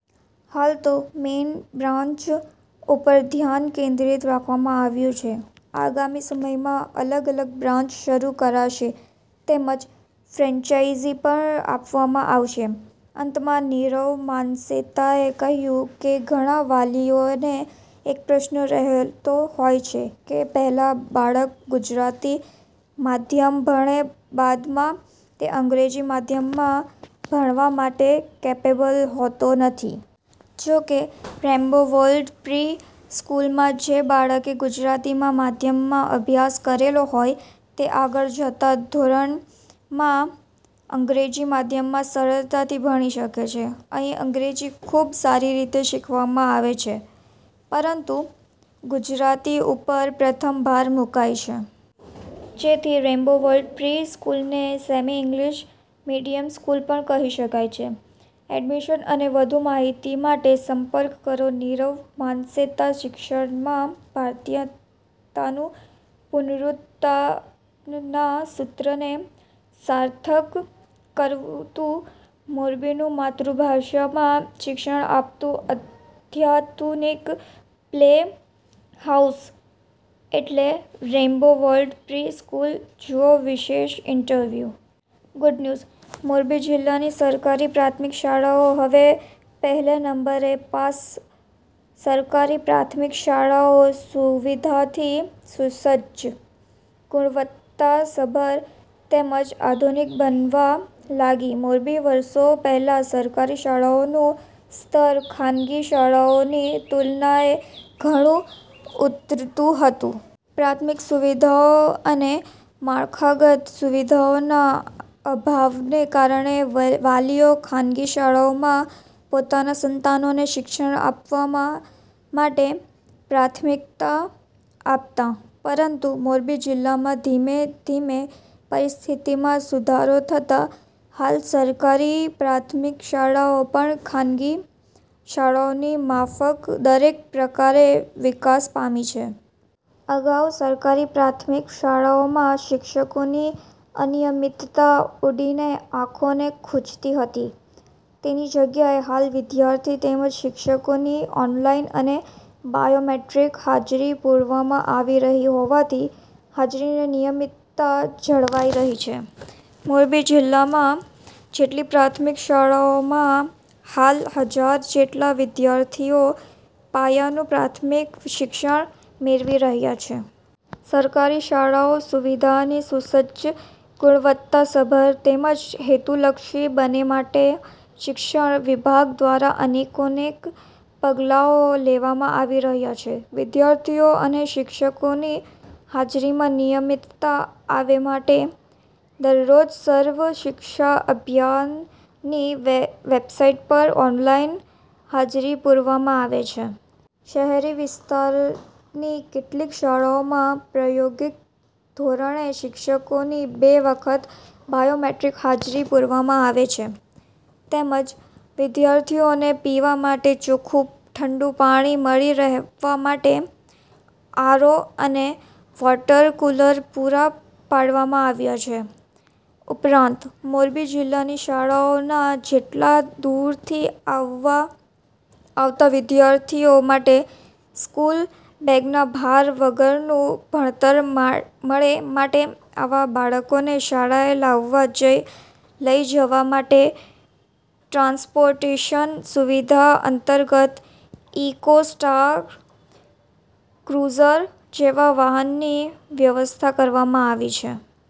હાલ તો main branch ઉપરધ્યાન કેન્દ્રિત રાખવામાં આવ્યું છે. આગામી સમયમાં અલગ અલગ બ્રાન્ચ શરૂ કરાશે તેમજ ફ્રેન્ચાઇઝી પણ આપવામા આવશે. અંતમાં નીરવ માનસેતાએ કહ્યું કે ઘણા વાલીઓને એક પ્રશ્ન રહેતો હોય છે કે પહેલા બાળક ગુજરાતી માધ્યમ ભણે બાદમાં તે અંગ્રેજી માધ્યમમાં ભણવા માટે કેપેબલ હોતો નથી. જો કે રેઈન્બો વર્લ્ડ પ્રિ-સ્કૂલમાં જે બાળકે ગુજરાતીમાં માધ્યમમા અભ્યાસ કરેલો હોય તે આગળ જતા ધો. મા અંગ્રેજી માધ્યમમાં સરળતાથી ભણી શકે છે. અહીં અંગ્રેજી ખુબ સારી રીતે શીખવવામાં આવેછે. પરંતુ ગુજરાતી ઉપર પ્રથમ ભાર મુકાઈ છે. જેથી રેઈન્બો વર્લ્ડ પ્રિ-સ્કૂલને સેમી ઈંગ્લીશ મીડીયમ સ્કૂલ પણ કહી શકાય છે. એડમીશન અને વધુ માહિતી માટે સંપર્ક કરો નીરવ માનસેતાશિક્ષણમાં ભારતીયતાનું પુનરુત્થાનના સૂત્રને સાર્થક કરતું મોરબીનું માતૃભાષામાં શિક્ષણ આપતું અત્યાધુનિક પ્લે હાઉસ એટલે રેઈન્બો વર્લ્ડ પ્રિ-સ્કૂલ, જુઓ વિશેષ ઇન્ટરવ્યૂ। ગુડ ન્યુઝ મોરબી જિલ્લાની સરકારી પ્રાથમિક શાળાઓ હવે પહેલે નંબરે પાસ સરકારી પ્રાથમિક શાળાઓ સુવિધાથી સુસજજ, ગુણવત્તાસભર તેમજ આધુનિક બનવા લાગી મોરબી વરસો પહેલા સરકારી શાળાઓનું સ્તર ખાનગી શાળાઓની તુલનાએ ઘણું ઉતરતું હતું. પ્રાથમિક સુવિધાઓ અને માળખાગત સુવિધાઓના અભાવને કારણે વાલીઓ ખાનગી શાળાઓમાં પોતાના સંતાનોને શિક્ષણ અપાવવા માટે પ્રાથમિકતા આપતા. પરંતુ મોરબી જિલ્લામાં ધીમે ધીમેપરિસ્થિતિમાં સુધારો થતા હાલ સરકારી પ્રાથમિક શાળાઓ પણ ખાનગી શાળાઓની માફક દરેક પ્રકારે વિકાસ પામી છે. અગાઉ સરકારી પ્રાથમિક શાળાઓમાં શિક્ષકોની અનિયમિતતા ઉડીને આંખોને ખૂંચતી હતી. તેની જગ્યાએ હાલ વિદ્યાર્થી તેમજ શિક્ષકોની ઓનલાઈન અને બાયોમેટ્રિક હાજરી પુરવામાં આવી રહી હોવાથી હાજરીની નિયમિતતા જળવાઈ રહી છે. મોરબી જિલ્લામાં જેટલી પ્રાથમિક શાળાઓમાં હાલ હજાર જેટલા વિદ્યાર્થીઓ પાયાનું પ્રાથમિક શિક્ષણ મેળવી રહ્યા છે. સરકારી શાળાઓ સુવિધાથી સુસજ્જ, ગુણવત્તાસભર તેમજ હેતુલક્ષી બનેમાટે શિક્ષણ વિભાગ દ્વારા અનેકોનેક પગલાંઓ લેવામાં આવી રહ્યા છે. વિદ્યાર્થીઓ અને શિક્ષકોની હાજરીમાં નિયમિતતા આવેમાટે દરરોજ સર્વ શિક્ષા અભ્યાનની વેબસાઈટ પર ઓનલાઈન હાજરી પુરવામાં આવે છે. શહેરી વિસ્તારની કેટલીક શાળાઓમાં પ્રાયોગિક ધોરણે શિક્ષકોની બે વખત બાયોમેટ્રિક હાજરી પુરવામાં આવે છે. તેમજ વિદ્યાર્થીઓને પીવા માટે ચોખ્ખું ઠંડુ પાણી મળી રહેમાટે આર. ઓ. અને વોટરકુલર પુરા પાડવામાં આવ્યા છે. ઉપરાંત મોરબી જિલ્લાની શાળાઓના જેટલા દૂરથી આવતા વિદ્યાર્થીઓ માટે સ્કૂલ બેગના ભાર વગરનું ભણતર મળેમાટે આવા બાળકોને શાળાએ લાવવા લઈ જવા માટે ટ્રાન્સપોર્ટેશન સુવિધા અંતર્ગત ઈકો સ્ટાર, ક્રુઝર જેવા વાહનની વ્યવસ્થા કરવામાં આવી છે.